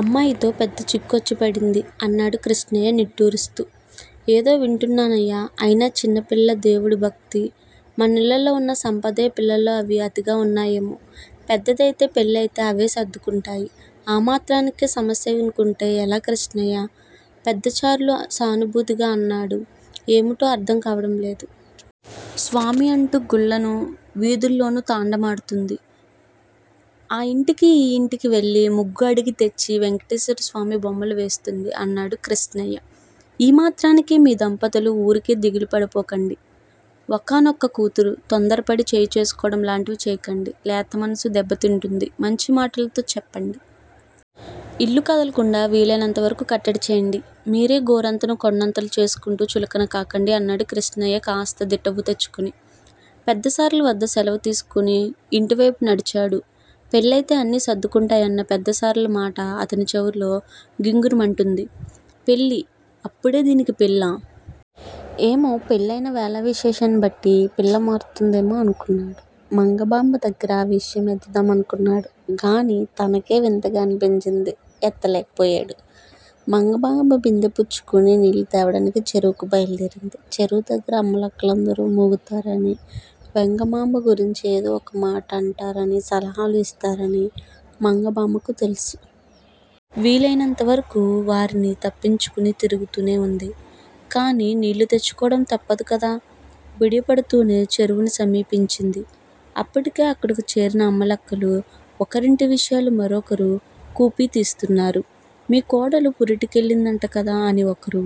అమ్మాయితో పెద్ద చిక్కొచ్చి పడింది అన్నాడు కృష్ణయ్య నిట్టూర్చుతూ. ఏదో వింటున్నానయ్యా. అయినా చిన్నపిల్ల. దేవుడూ, భక్తీ మనిళ్ళల్లో ఉన్న సంపదే. పిల్లలో అవి అతిగా ఉన్నాయేమో. పెద్దదై, పెళ్ళయితే అవే సర్దుకుంటాయి. ఆమాత్రానికే సమస్యకుంటే ఎలా కృష్ణయ్య? పెద్దాచార్లు సానుభూతిగా అన్నాడు. ఏమిటో అర్థం కావడం లేదు. స్వామి అంటూ గుళ్ళోనూ, వీథుల్లోనూ తాండవమాడుతుంది. ఆ ఇంటికీ ఈ ఇంటికీ వెళ్ళి ముగ్గు అడిగితెచ్చి వెంకటేశ్వరస్వామి బొమ్మలు వేస్తుంది అన్నాడు కృష్ణయ్య. ఈ మాత్రానికే మీ దంపతులు ఊరికే దిగులుపడిపోకండి. ఒక్కగానొక్క కూతురు తొందరపడి చేయి చేసుకోవడం లాంటివి చేయకండి. లేతమనసు దెబ్బతింటుంది. మంచి మాటలతో చెప్పండి. ఇల్లు కదలకుండా వీలైనంతవరకు కట్టడి చేయండి. మీరే గోరంతను కొండంతలు చేసుకుంటూ చులకనకాకండి అన్నాడు. కృష్ణయ్య కాస్త దిటవు తెచ్చుకుని పెద్దాచార్లు వద్ద సెలవు తీసుకుని ఇంటివైపు నడిచాడు. పెళ్ళయితే అన్నీ సర్దుకుంటాయి అన్న పెద్దాచార్లు మాట అతని చెవుల్లో గింగురుమంటోంది. పెళ్ళి! అప్పుడే దీనికి పెళ్ళా? ఏమో! పెళ్ళయిన వేళావిశేషాన్ని బట్టి పిల్ల మారుతుందేమో అనుకున్నాడు. మంగమాంబ దగ్గర ఆ విషయం ఎత్తుదామను కున్నాడు గానీ, తనకే వింతగా అనిపించి ఎత్తలేకపోయాడు. మంగమాంబ బిందె పుచ్చుకొని నీళ్ళు తేవడానికి చెరువుకు బయలు దేరింది. చెరువు దగ్గర అమ్మలక్కలందరూ మూగుతారనీ, వెంగమాంబ గురించి ఏదో ఒక మాట అంటారనీ, సలహాలు ఇస్తారనీ మంగమాంబకు తెలుసు. వీలయినంతవరకు వారిని తప్పించుకుని తిరుగుతూనే ఉంది. కానీ నీళ్ళు తెచ్చుకోవడం తప్పదుకదా! బిడియపడుతూనే చెరువుని సమీపించింది. అప్పటికే అక్కడకు చేరిన అమ్మలక్కలు ఒకరి ఇంటి విషయాలు మరొకరు కూపీ తీస్తున్నారు. మీ కోడలు పురిటి కెళ్ళిందటకదా? అని ఒకరు,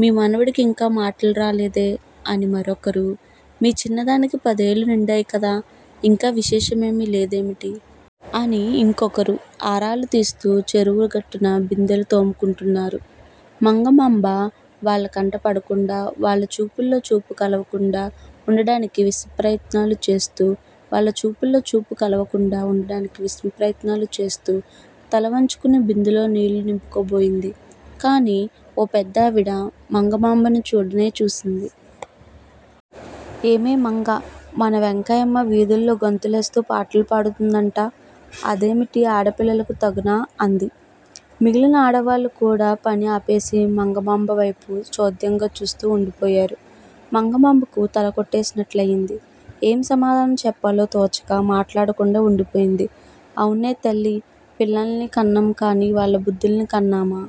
మీ మనవడి కింకా మాటలురాలేదే? అని మరొకరు, మీ చిన్నదానికి పదేళ్ళు నిండాయి కదా, ఇంకా విశేషమేమీ లేదేమిటి? అని ఇంకొకరు ఆరాలు తీస్తూ, చెరువు గట్టున బిందెలు తోముకుంటున్నారు. మంగమాంబ వాళ్ళ కంట బడకుండా, వాళ్ళ చూపులో చూపు కలపకుండా ఉండడానికి విశ్వప్రయత్నాలు చేస్తూ, వాళ్ళ చూపులో చూపు కలపకుండా ఉండడానికి విశ్వప్రయత్నాలు చేస్తూ, తలవంచుకుని బిందెలో నీళ్ళు నింపుకోబోయింది. కానీ, ఓ పెద్దావిడ మంగమాంబను చూడనే చూసింది. ఏమే, మంగా, మన వెంకమ్మ వీథుల్లో గంతులేస్తూ పాటలు పాడు తోందట. అదేమిటే, ఆడపిల్లకు తగునా? అంది. మిగిలిన ఆడవాళ్ళు కూడా పని ఆపేసి, మంగమాంబవైపు చోద్యంగా చూస్తూ ఉండిపోయారు. మంగమాంబకు తలకొట్టేసినట్లయింది. ఏం సమాధానం చెప్పాలో తోచక మాట్లాడకుండా ఉండిపోయింది. అవున్లే తల్లీ, పిల్లల్ని కన్నాంకానీ, వాళ్ళ బుద్ధుల్ని కన్నామా?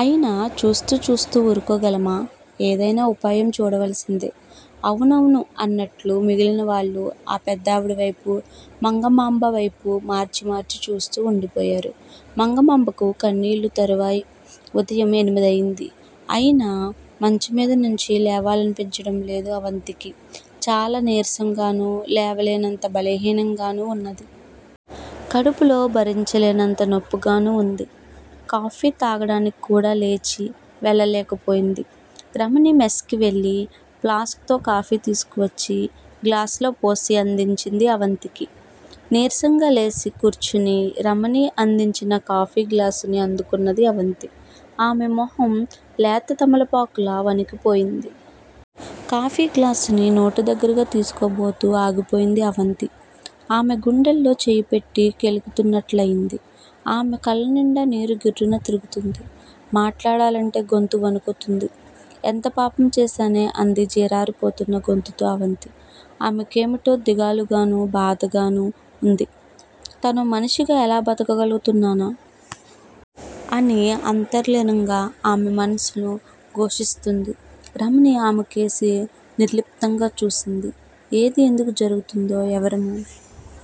అయినా చూస్తూ చూస్తూ ఊరుకోగలమా! ఏదైనా ఉపాయం చూడవలసిందె అవునవును అన్నట్టు మిగిలిన వాళ్ళు ఆ పెద్దావిడవైపు, మంగమాంబవైపు మార్చి మార్చి చూస్తూ ఉండిపోయారు. మంగమాంబకు కన్నీళ్ళు తరువాయి। ఉదయం ఎనిమిదయింది. అయినా మంచంమీద నించి లేవాలనిపించలేదు అవంతికి. చాలా నీరసంగానూ, లేవలేనంత బలహీనంగానూ వున్నది. కడుపులో భరించలేనంత నొప్పిగానూ వుంది. కాఫీ తాగడానికి కూడా లేచి వెళ్ళలేకపోయింది. రమణి మెస్ కి వెళ్ళి ప్లాస్క్ తో కాఫీ తీసుకొచ్చి గ్లాసులో పోసి అందించింది అవంతికి. నీరసంగా లేచి కూర్చుని రమణి అందించిన కాఫీ గ్లాసుని అందుకొన్నది అవంతి. ఆమె మొహం లేత తమలపాకులా వడిలిపోయింది. కాఫీ గ్లాసుని నోటి దగ్గరగా తీసుకోబోతూ ఆగిపోయింది అవంతి. ఆమె గుండెలో చెయ్యి పెట్టి కెలికినట్టయింది. ఆమె కళ్ళనిండా నీరు గిర్రున తిరుగుతోంది. మాట్లాడాలంటే గొంతు వణుకుతోంది. ఎంత పాపం చేశానే! అంది జీరపోతున్న గొంతుతో అవంతి. ఆమెకేమిటో దిగాలుగానూ, బాధగానూ వుంది. తనో మనిషిగా ఎలా బతగ్గలుగుతున్నానా! అని అంతర్లీనంగా ఆమె మనసు ఘోషిస్తోంది. రమణి ఆమెకేసి నిర్లిప్తంగా చూసింది. ఏది ఎందుకు జరుగుతుందో ఎవరమూ